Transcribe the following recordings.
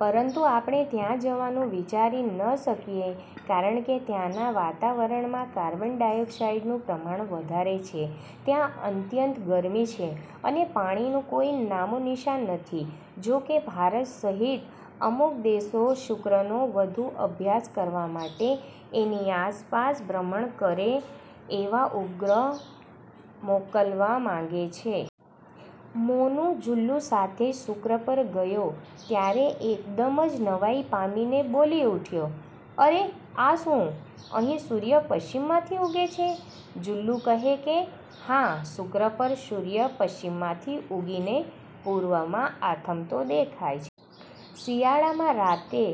પરંતુ આપણે ત્યાં જવાનું વિચારી ન શકીએ કારણકે ત્યાંના વાતાવરણમાં કાર્બન ડાયોકસાઈડનું પ્રમાણ વધારે છે. ત્યાં અંત્યત ગરમી છે અને પાણીનું કોઈ નામોનિશાન નથી. જો કે ભારત સહીત અમુક દેશો શુક્રનો વધુ અભ્યાસ કરવા માટે એની આસપાસ ભ્રમણ કરે એવો ઉપગ્રહ મોકલવા માંગે છે. મોનુ જુલ્લુ સાથે શુક્ર પર ગયો ત્યારે એકદમ જ નવાઈ પામીને બોલી ઉઠ્યો, "અરે આ શું? અહીં સૂર્ય પશ્ચિમમાંથી ઉગે છે? " જુલ્લુ કહે કે, "હા, શુક્ર પર સૂર્ય પશ્ચિમમાંથી ઉગીને પૂર્વમાં આથમતો દેખાય છે". શિયાળામાં રાતે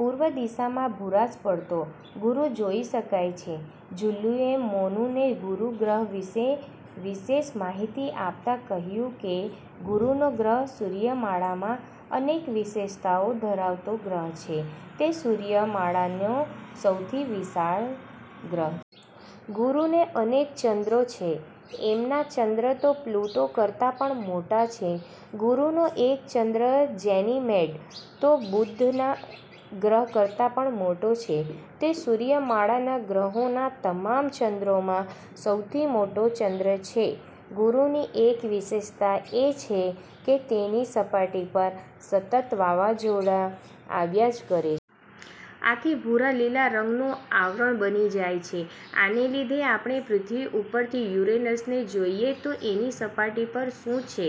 પૂર્વ દિશામાં ભૂરાશ પડતો ગુરુ જોઈ શકાય છે. જુલ્લુએ મોનુને ગુરુ ગ્રહ વિષે વિશેષ માહિતી આપતાં કહ્યું કે ગુરુનો ગ્રહ સૂર્યમાળામાં અનેક વિશેષતાઓ ધરાવતો ગ્રહ છે. તે સૂર્યમાળાનો સૌથી વિશાળ ગ્રહ ગુરુને અનેક ચંદ્રો છે. એમના ચંદ્ર તો પ્લુટો કરતાં પણ મોટા છે. ગુરુનો એક ચંદ્ર "જેનીમેડ" તો બુધના ગ્રહ કરતાં પણ મોટો છે. તે સૂર્યમાળાના ગ્રહોના તમામ ચંદ્રોમાં સૌથી મોટો ચંદ્ર છે. ગુરુની એક વિશેષતા એ છે કે તેની સપાટી પર સતત વાવાઝોડા આવ્યા જ કરે છે. આથી ભૂરા-લીલા રંગનું આવરણ બની જાય છે. આને લીધે આપણે પૃથ્વી ઉપરથી યુરેનસને જોઈએ તો એની સપાટી પર શું છે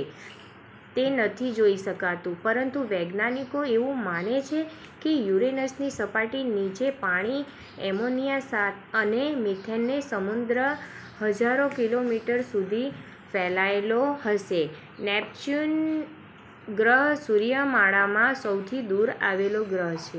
તે નથી જોઈ શકાતું. પરંતુ વૈજ્ઞાનિકો એવું માને છે કે યુરેનસની સપાટી નીચે પાણી, એમોનીયા અને મીથેનનો સમુંદ્ર હજારો કિલોમીટર સુધી ફેલાયેલો હશે. નેપ્ચ્યુન ગ્રહ સૂર્યમાળામાં સૌથી દુર આવેલો ગ્રહ છે.